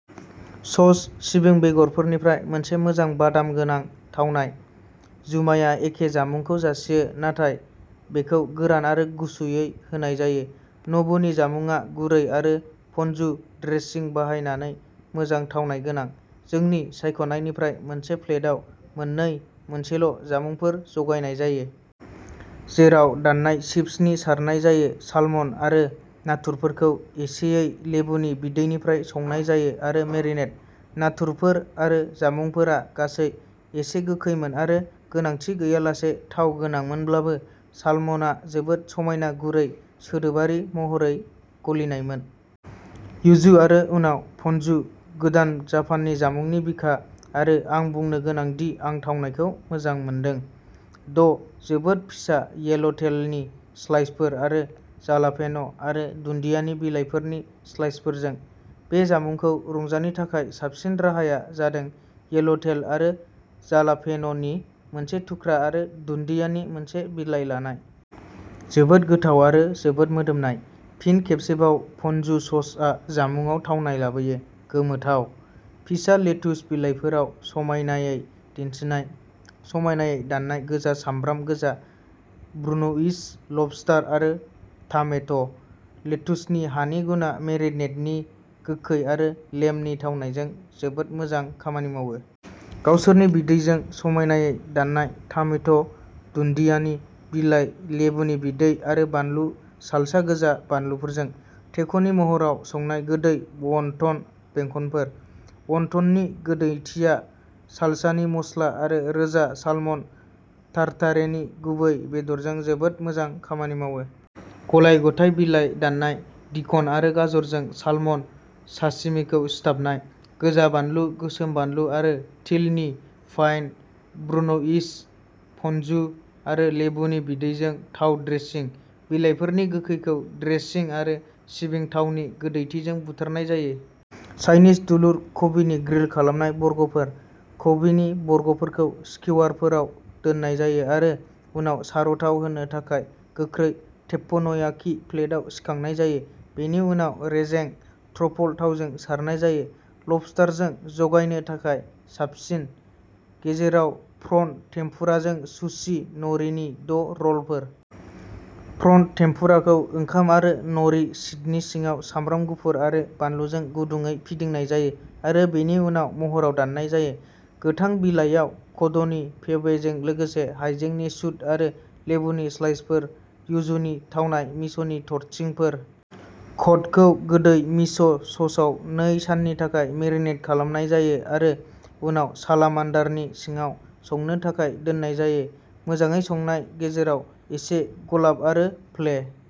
सस, सिबिं बेगरफोरनिफ्राय मोनसे मोजां बादाम गोनां थावनाय। जुमाया एखे जामुंखौ जासियो। नाथाय बेखौ गोरान आरो गुसुयै होनाय जायो। नबुनि जामुंआ गुरै आरो पनजु ड्रेसिं बाहायनानै मोजां थावनाय गोनां। जोंनि सायख'नायनिफ्राय मोनसे प्लेटआव मोननै मोनसेल' जामुंफोर जगायनाय जायो। जेराव दाननाय चिभ्सनि सारनाय जायो। सालमन आरो नाथुरफोरखौ एसेयै लेबुनि बिदैनिफ्राय संनाय जायो आरो मेरिनेड। नाथुरफोर आरो जामुंफोरा गासै एसे गोखैमोन आरो गोनांथि गैयालासे थाव गोनांमोनब्लाबो सालमनआ जोबोद समायना गुरै सोदोबारि महरै गलिनायमोन। युजु आरो उनाव पनजु गोदान जापाननि जामुंनि बिखा आरो आं बुंनो गोनां दि आं थावनायखौ मोजां मोनदों। द’ जोबोद फिसा येल'टेलनि स्लाइसफोर जालापेन' आरो दुन्दियानि बिलाइफोरनि स्लाइसफोरजों। बे जामुंखौ रंजानो थाखाय साबसिन राहाया जादों येल'टेल आरो जालापेन'नि मोनसे थुख्रा आरो दुन्दियानि मोनसे बिलाइ लानाय। जोबोद गोथाव आरो जोबोद मोदोमनाय। फिन खेबसेबाव पनजु ससआ जामुंआव थावनाय लाबोयो। गोमोथाव। फिसा लेटुस बिलाइफोराव समायनायै दिन्थिनाय। समायनायै दाननाय गोजा सामब्राम गोजा ब्रुन'इज लबस्टार आरो टामेट'। लेटुसनि हानि गुनआ मेरिनेडनि गोखै आरो लेमनि थावनायजों जोबोद मोजां खामानि मावो। गावसोरनि बिदैजों समायनायै दाननाय टामेट’ दुन्दियानि बिलाइ लेबुनि बिदै आरो बानलु सालसा गोजा बानलुफोरजों। टेक'नि महराव संनाय गोदै वनटन बेंखनफोर। वनटननि गोदैथिया सालसानि मस्ला आरो रोजा सालमन टारटारेनि गुरै बेदरजों जोबोद मोजां खामानि मावो। गलाय-गथाय बिलाइ दाननाय डिक'न आरो गाजरजों सालमन साशिमिखौ सिथाबनाय। गोजा बानलु गोसोम बानलु आरो तिलनि फाइन ब्रुन'इज पनजु आरो लेबुनि बिदैजों थाव ड्रेसिं। बिलाइफोरनि गोखैखौ ड्रेसिं आरो सिबिं थाव नि गोदैथिजों बुथारनाय जायो। चाइनिज दुलुर कबिनि ग्रिल खालामनाय बर्गफोर। कबिनि बर्गफोरखौ स्किवारफोराव दोननाय जायो आरो उनाव चार'थाव होनो थाखाय गोख्रै टेप्पनयाकि प्लेटआव सिखांनाय जायो। बेनि उनाव रेजें ट्रफल थावजों सारनाय जायो। लबस्टारजों जगायनो थाखाय साबसिन। गेजेराव प्रन टेम्पुराजों सुशि न'रिनि द’ रलफोर। प्रन टेम्पुराखौ ओंखाम आरो न'रि शीटनि सिङाव सामब्राम गुफुर आरो बानलुजों गुदुंयै फिदिंनाय जायो आरो बेनि उनाव महरआव दाननाय जायो। गोथां बिलाइआव क'डनि पेवे जों लोगोसे हायजेंनि शुट आरो लेबुनि स्लाइसफोर युजुनि थावनाय मिस'नि थरथिंफोर। क'डखौ गोदै मिस' ससआव नै साननि थाखाय मेरिनेट खालामनाय जायो आरो उनाव सालामान्डारनि सिङाव संनो थाखाय दोननाय जायो। मोजाङै संनाय गेजेराव एसे गलाब आरो फ्ले